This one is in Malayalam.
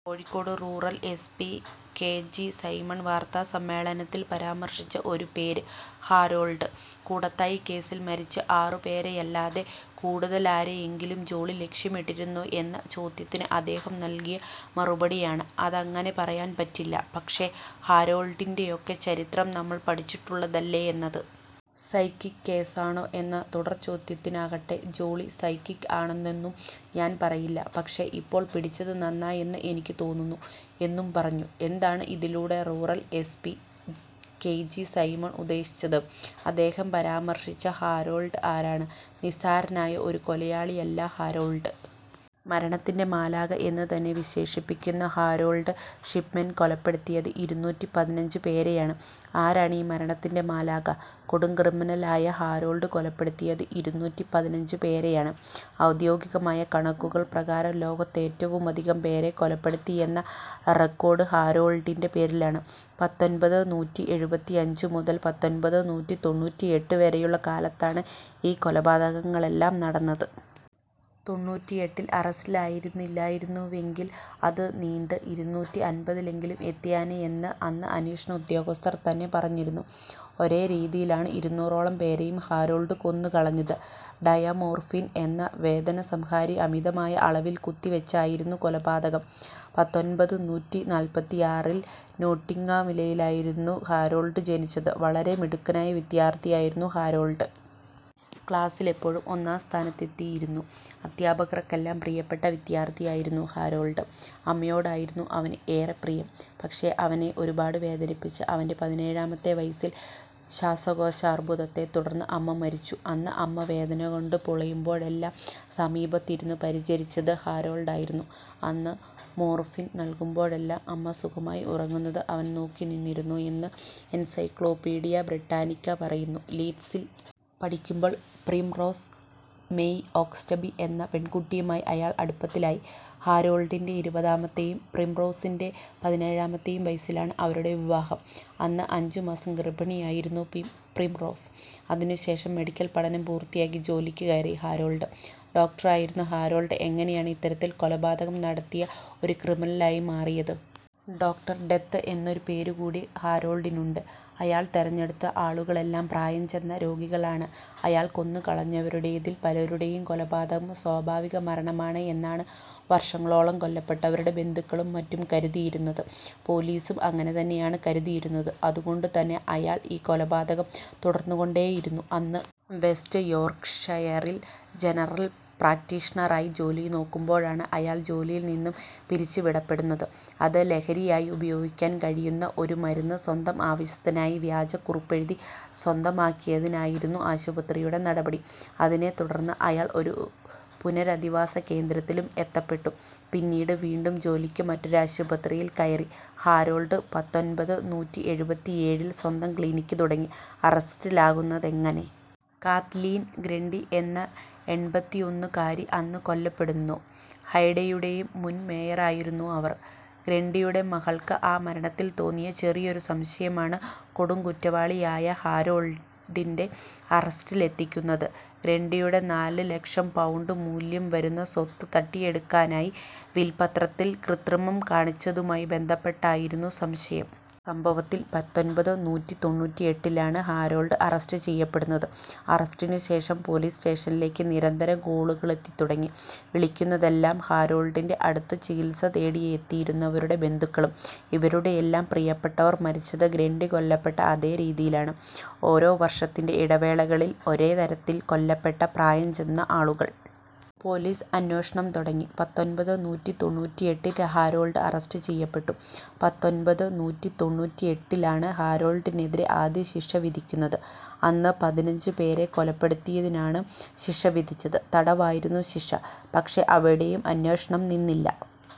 Kozhikode rural S P K G Simon വാർത്താസമ്മേളനത്തിൽ പരാമർശിച്ച ഒരു പേര് ഹാരോൾഡ്. കൂടത്തായി കേസിൽ മരിച്ച ആറു പേരെയല്ലാതെ കൂടുതലാരെയെങ്കിലും ജോളി ലക്ഷ്യമിട്ടിരുന്നോ എന്ന ചോദ്യത്തിന് അദ്ദേഹം നൽകിയ മറുപടിയാണ്, അതങ്ങനെ പറയാൻ പറ്റില്ല. പക്ഷേ, ഹാരോൾഡിൻ്റെയൊക്കെ ചരിത്രം നമ്മൾ പഠിച്ചിട്ടുള്ളതല്ലേ എന്നത്. സൈക്കിക് കേസാണോ എന്ന തുടർചോദ്യത്തിനാകട്ടെ, ജോളി സൈക്കിക്ക് ആണെന്നൊന്നും ഞാൻ പറയില്ല, പക്ഷേ, ഇപ്പോൾ പിടിച്ചത് നന്നായെന്ന് എനിക്ക് തോന്നുന്നു എന്നും പറഞ്ഞു. എന്താണ് ഇതിലൂടെ rural S P K G Simon ഉദ്ദേശിച്ചത്. അദ്ദേഹം പരാമർശിച്ച ഹാരോൾഡ് ആരാണ്. നിസ്സാരനായ ഒരു കൊലയാളിയല്ല ഹാരോൾഡ്. മരണത്തിൻ്റെ മാലാഖ എന്ന് തന്നെ വിശേഷിപ്പിക്കുന്ന ഹാരോൾഡ് ഷിപ്മെൻ കൊലപ്പെടുത്തിയത് ഇരുനൂറ്റി പതിനഞ്ച് പേരെയാണ്. ആരാണ് ഈ മരണത്തിൻ്റെ മാലാഖ. കൊടുംക്രിമിനലായ ഹാരോൾഡ് കൊലപ്പെടുത്തിയത് ഇരുനൂറ്റി പതിനഞ്ച് പേരെയാണ്. ഔദ്യോഗികമായ കണക്കുകൾ പ്രകാരം ലോകത്തേറ്റവുമധികം പേരെ കൊലപ്പെടുത്തിയെന്ന റെക്കോർഡ് ഹാരോൾഡിൻ്റെ പേരിലാണ്. പത്തൊൻപത് നൂറ്റി എഴുപത്തിയഞ്ച് മുതൽ പത്തൊൻപത് നൂറ്റി തൊണ്ണൂറ്റിയെട്ട് വരെയുള്ള കാലത്താണ് ഈ കൊലപാതകങ്ങളെല്ലാം നടന്നത്. തൊണ്ണൂറ്റിയെട്ടിൽ അറസ്റ്റിലായിരുന്നില്ലായിരുന്നുവെങ്കിൽ അത് നീണ്ട് ഇരുന്നൂറ്റി അൻപതിലെങ്കിലും എത്തിയേനെ എന്ന് അന്ന് അന്വേഷണ ഉദ്യോഗസ്ഥർ തന്നെ പറഞ്ഞിരുന്നു. ഒരേ രീതിയിലാണ് ഇരുന്നൂറോളം പേരെയും ഹാരോൾഡ് കൊന്നുകളഞ്ഞത്. ഡയമോർഫിൻ എന്ന വേദനസംഹാരി അമിതമായ അളവിൽ കുത്തിവെച്ചായിരുന്നു കൊലപാതകം. പത്തൊൻപത് നൂറ്റി നാല്പത്തിയാറിൽ നോട്ടിങ്ങാമിലായിരുന്നു ഹാരോൾഡ് ജനിച്ചത്. വളരെ മിടുക്കനായ വിദ്യാർഥിയായിരുന്നു ഹാരോൾഡ്. ക്ലാസിൽ എപ്പോഴും ഒന്നാം സ്ഥാനത്തെത്തിയിരുന്നു. അധ്യാപകർക്കെല്ലാം പ്രിയപ്പെട്ട വിദ്യാർഥിയായിരുന്നു ഹാരോൾഡ്. അമ്മയോടായിരുന്നു അവന് ഏറെ പ്രിയം. പക്ഷേ, അവനെ ഒരുപാട് വേദനിപ്പിച്ച് അവൻ്റെ പതിനേഴാമത്തെ വയസ്സിൽ ശ്വാസകോശാർബുദത്തെ തുടർന്ന് അമ്മ മരിച്ചു. അന്ന് അമ്മ വേദനകൊണ്ട് പുളയുമ്പോഴെല്ലാം സമീപത്തിരുന്ന് പരിചരിച്ചത് ഹാരോൾഡായിരുന്നു. അന്ന് മോർഫിൻ നൽകുമ്പോഴെല്ലാം അമ്മ സുഖമായി ഉറങ്ങുന്നത് അവൻ നോക്കിനിന്നിരുന്നു എന്ന് എൻസൈക്ലോപീഡിയ ബ്രിട്ടാനിക്ക പറയുന്നു. ലീഡ്സിൽ പഠിക്കുമ്പോൾ പ്രിംറോസ് മേയ് ഓക്സ്റ്റബി എന്ന പെൺകുട്ടിയുമായി അയാൾ അടുപ്പത്തിലായി. ഹാരോൾഡിൻ്റെ ഇരുപതാമത്തെയും പ്രിം പ്രിംറോസിൻ്റെ പതിനേഴാമത്തെയും വയസ്സിലാണ് അവരുടെ വിവാഹം. അന്ന് അഞ്ച് മാസം ഗർഭിണിയായിരുന്നു പ്രിംറോസ്. അതിനുശേഷം മെഡിക്കൽ പഠനം പൂർത്തിയാക്കി ജോലിക്ക് കയറി ഹാരോൾഡ്. ഡോക്ടറായിരുന്ന ഹാരോൾഡ് എങ്ങനെയാണ് ഇത്തരത്തിൽ കൊലപാതകം നടത്തിയ ഒരു ക്രിമിനലായി മാറിയത്. ഡോക്ടർ ഡെത്ത് എന്നൊരു പേര് കൂടി ഹാരോൾഡിനുണ്ട്. അയാൾ തെരഞ്ഞെടുത്ത ആളുകളെല്ലാം പ്രായം ചെന്ന രോഗികളാണ്. അയാൾ കൊന്നുകളഞ്ഞവരുടേതിൽ പലരുടെയും കൊലപാതകം സ്വാഭാവിക മരണമാണ് എന്നാണ് വർഷങ്ങളോളം കൊല്ലപ്പെട്ടവരുടെ ബന്ധുക്കളും മറ്റും കരുതിയിരുന്നത്. പൊലീസും അങ്ങനെ തന്നെയാണ് കരുതിയിരുന്നത്. അതുകൊണ്ടുതന്നെ അയാൾ ഈ കൊലപാതകം തുടർന്നുകൊണ്ടേയിരുന്നു. അന്ന് വെസ്റ്റ് യോർക്ക്ഷയറിൽ ജനറൽ പ്രാക്ടീഷണറായി ജോലിനോക്കുമ്പോഴാണ് അയാൾ ജോലിയിൽ നിന്ന് പിരിച്ചുവിടപ്പെടുന്നത്. അത് ലഹരിയായി ഉപയോഗിക്കാൻ കഴിയുന്ന ഒരു മരുന്ന് സ്വന്തം ആവശ്യത്തിനായി വ്യാജ കുറിപ്പെഴുതി സ്വന്തമാക്കിയതിനായിരുന്നു ആശുപത്രിയുടെ നടപടി. അതിനെത്തുടർന്ന് അയാൾ ഒരു പുനരധിവാസകേന്ദ്രത്തിലും എത്തപ്പെട്ടു. പിന്നീട് വീണ്ടും ജോലിക്ക് മറ്റൊരാശുപത്രിയിൽ കയറിയ ഹാരോൾഡ് പത്തൊൻപത് നൂറ്റി എഴുപത്തിയേഴിൽ സ്വന്തം ക്ലിനിക്ക് തുടങ്ങി. അറസ്റ്റിലാകുന്നതെങ്ങനെ. കാത്‌ലീൻ ഗ്രണ്ടി എന്ന എൺപത്തിയൊന്നുകാരി അന്ന് കൊല്ലപ്പെടുന്നു. ഹൈഡെയുടെ മുൻ മേയറായിരുന്നു അവർ. ഗ്രണ്ടിയുടെ മകൾക്ക് ആ മരണത്തിൽ തോന്നിയ ചെറിയൊരു സംശയമാണ് കൊടുംകുറ്റവാളിയായ ഹാരോൾഡിൻ്റെ അറസ്റ്റിലെത്തിക്കുന്നത്. ഗ്രണ്ടിയുടെ നാല് ലക്ഷം പൗണ്ട് മൂല്യം വരുന്ന സ്വത്ത് തട്ടിയെടുക്കാനായി വിൽപത്രത്തിൽ കൃത്രിമം കാണിച്ചതുമായി ബന്ധപ്പെട്ടായിരുന്നു സംശയം. സംഭവത്തിൽ പത്തൊൻപത് നൂറ്റി തൊണ്ണൂറ്റിയെട്ടിലാണ് ഹാരോൾഡ് അറസ്റ്റ് ചെയ്യപ്പെടുന്നത്. അറസ്റ്റിനുശേഷം പൊലീസ് സ്റ്റേഷനിലേക്ക് നിരന്തരം കോളുകളെത്തിത്തുടങ്ങി. വിളിക്കുന്നതെല്ലാം ഹാരോൾഡിൻ്റെ അടുത്ത് ചികിത്സ തേടിയെത്തിയിരുന്നവരുടെ ബന്ധുക്കളും. ഇവരുടെയെല്ലാം പ്രിയപ്പെട്ടവർ മരിച്ചത് ഗ്രണ്ടി കൊല്ലപ്പെട്ട അതേ രീതിയിലാണ്. ഓരോ വർഷത്തിൻ്റെ ഇടവേളകളിൽ ഒരേ തരത്തിൽ കൊല്ലപ്പെട്ട പ്രായം ചെന്ന ആളുകൾ. പൊലീസ് അന്വേഷണം തുടങ്ങി. പത്തൊൻപത് നൂറ്റി തൊണ്ണൂറ്റിയെട്ടിൽ ഹാരോൾഡ് അറസ്റ്റ് ചെയ്യപ്പെട്ടു. പത്തൊൻപത് നൂറ്റി തൊണ്ണൂറ്റിയെട്ടിലാണ് ഹാരോൾഡിനെതിരെ ആദ്യശിക്ഷ വിധിക്കുന്നത്. അന്ന് പതിനഞ്ച് പേരെ കൊലപ്പെടുത്തിയതിനാണ് ശിക്ഷ വിധിച്ചത്. തടവായിരുന്നു ശിക്ഷ. പക്ഷേ, അവിടെയും അന്വേഷണം നിന്നില്ല.